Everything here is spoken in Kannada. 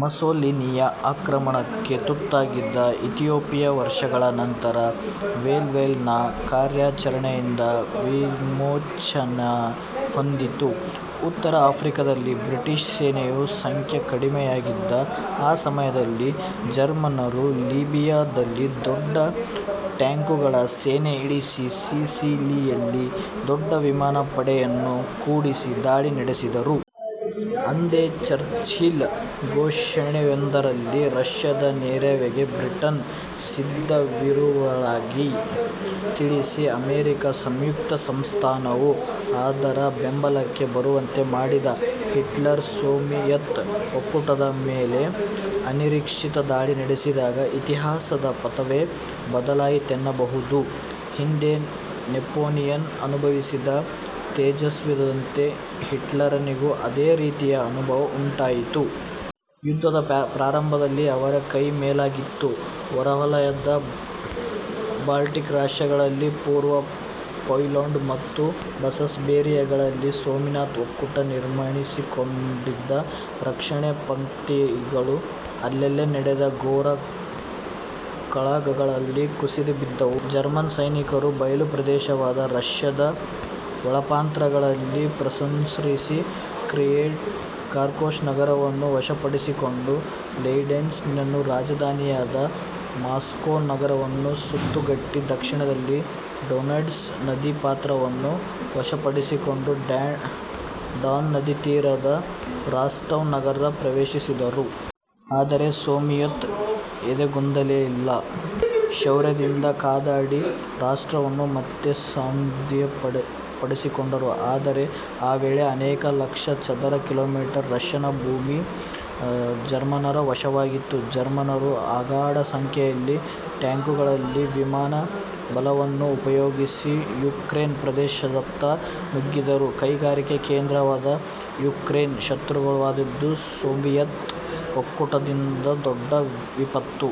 ಮುಸೋಲಿನಿಯ ಆಕ್ರಮಣಕ್ಕೆ ತುತ್ತಾಗಿದ್ದ ಇಥಿಯೋಪಿಯ ವರ್ಷಗಳ ಅನಂತರ ವೇವೆಲ್ನ ಕಾರ್ಯಾಚರಣೆಯಿಂದ ವಿಮೋಚನೆ ಹೊಂದಿತು. ಉತ್ತರ ಆಫ್ರಿಕದಲ್ಲಿ ಬ್ರಿಟಿಷ್ ಸೇನೆಯ ಸಂಖ್ಯೆ ಕಡಿಮೆಯಾಗಿದ್ದ ಆ ಸಮಯದಲ್ಲಿ ಜರ್ಮನ್ನರು ಲಿಬಿಯ ದಲ್ಲಿ ದೊಡ್ಡ ಟ್ಯಾಂಕುಗಳ ಸೇನೆ ಇಳಿಸಿ, ಸಿಸಿಲಿ ಯಲ್ಲಿ ದೊಡ್ಡ ವಿಮಾನ ಪಡೆಯನ್ನು ಕೂಡಿಸಿ ದಾಳಿ ನಡೆಸಿದರು. ಅಂದೇ ಚರ್ಚಿಲ್ ಘೋಷಣೆಯೊಂದರಲ್ಲಿ ರಷ್ಯದ ನೆರವಿಗೆ ಬ್ರಿಟನ್ ಸಿದ್ಧವಿರುವುದಾಗಿ ತಿಳಿಸಿ, ಅಮೆರಿಕ ಸಂಯುಕ್ತ ಸಂಸ್ಥಾನವು ಅದರ ಬೆಂಬಲಕ್ಕೆ ಬರುವಂತೆ ಮಾಡಿದ. ಹಿಟ್ಲರ್ ಸೋವಿಯತ್ ಒಕ್ಕೂಟದ ಮೇಲೆ ಅನಿರೀಕ್ಷಿತ ದಾಳಿ ನಡೆಸಿದಾಗ ಇತಿಹಾಸದ ಪಥವೇ ಬದಲಾಯಿತೆನ್ನಬಹುದು. ಹಿಂದೆ ನೆಪೋಲಿಯನ್ ಅನುಭವಿಸಿದ ತೇಜೋವಧೆಯಂತೆ ಹಿಟ್ಲರನಿಗೂ ಅದೇ ರೀತಿಯ ಅನುಭವ ಉಂಟಾಯಿತು. ಯುದ್ಧದ ಪ್ರಾರಂಭದಲ್ಲಿ ಅವರ ಕೈಯೇ ಮೇಲಾಗಿತ್ತು. ಹೊರವಲಯದ ಬಾಲ್ಟಿಕ್ ರಾಷ್ಷ್ರಗಳಲ್ಲಿ, ಪುರ್ವ ಪೋಲೆಂಡ್ ಮತ್ತು ಬೆಸ್ಸರೇಬಿಯಗಳಲ್ಲಿ ಸೋವಿಯತ್ ಒಕ್ಕೂಟ ನಿರ್ಮಿಸಿಕೊಂಡಿದ್ದ ರಕ್ಷಣಾ ಪಂಕ್ತಿಗಳು ಅಲ್ಲೆಲ್ಲ ನಡೆದ ಘೋರ ಕಾಳಗಗಳಲ್ಲಿ ಕುಸಿದುಬಿದ್ದುವು. ಜರ್ಮನ್ ಸೈನಿಕರು ಬಯಲು ಪ್ರದೇಶವಾದ ರಷ್ಯದ ಒಳಪ್ರಾಂತ್ಯಗಳಲ್ಲಿ ಪ್ರಸರಿಸಿ ಕೀಯೆಫ್, ಕಾರ್ಕೋಫ್ ನಗರಗಳನ್ನು ವಶಪಡಿಸಿಕೊಂಡು ಲೆನಿನ್ಗ್ರಾಡ್ ನ್ನೂ ರಾಜಧಾನಿಯಾದ ಮಾಸ್ಕೋ ನಗರವನ್ನೂ ಸುತ್ತುಗಟ್ಟಿ ದಕ್ಷಿಣದಲ್ಲಿ ಡೊನೆಡ್ಸ್ ನದೀಪಾತ್ರವನ್ನು ವಶಪಡಿಸಿಕೊಂಡು ಡಾನ್ ನದೀತೀರದ ರಾಸ್ಟಾವ್ ನಗರ ಪ್ರವೇಶಿಸಿದರು. ಆದರೆ ಸೋವಿಯತ್ರು ಎದೆಗುಂದಲಿಲ್ಲ. ಶೌರ್ಯದಿಂದ ಕಾದಾಡಿ ರಾಸ್ಟಾವನ್ನು ಮತ್ತೆ ಸ್ವಾಧೀನ ಪಡಿಸಿಕೊಂಡರು. ಆದರೆ ಆ ವೇಳೆಗೆ ಅನೇಕ ಲಕ್ಷ ಚದರ ಕಿಮೀಗಳ ರಷ್ಯನ್ ಭೂಮಿ ಜರ್ಮನ್ನರ ವಶವಾಗಿತ್ತು. ಜರ್ಮನ್ನರು ಅಗಾಧ ಸಂಖ್ಯೆಯಲ್ಲಿ ಟ್ಯಾಂಕುಗಳನ್ನೂ ವಿಮಾನ ಬಲವನ್ನೂ ಉಪಯೋಗಿಸಿ ಉಕ್ರೇನ್ ಪ್ರದೇಶದತ್ತ ನುಗ್ಗಿದರು. ಕೈಗಾರಿಕಾ ಕೇಂದ್ರವಾದ ಉಕ್ರೇನ್ ಶತ್ರುವಶವಾದದ್ದು ಸೋವಿಯತ್ ಒಕ್ಕೂಟಕ್ಕೊದಗಿದ ದೊಡ್ಡ ವಿಪತ್ತು.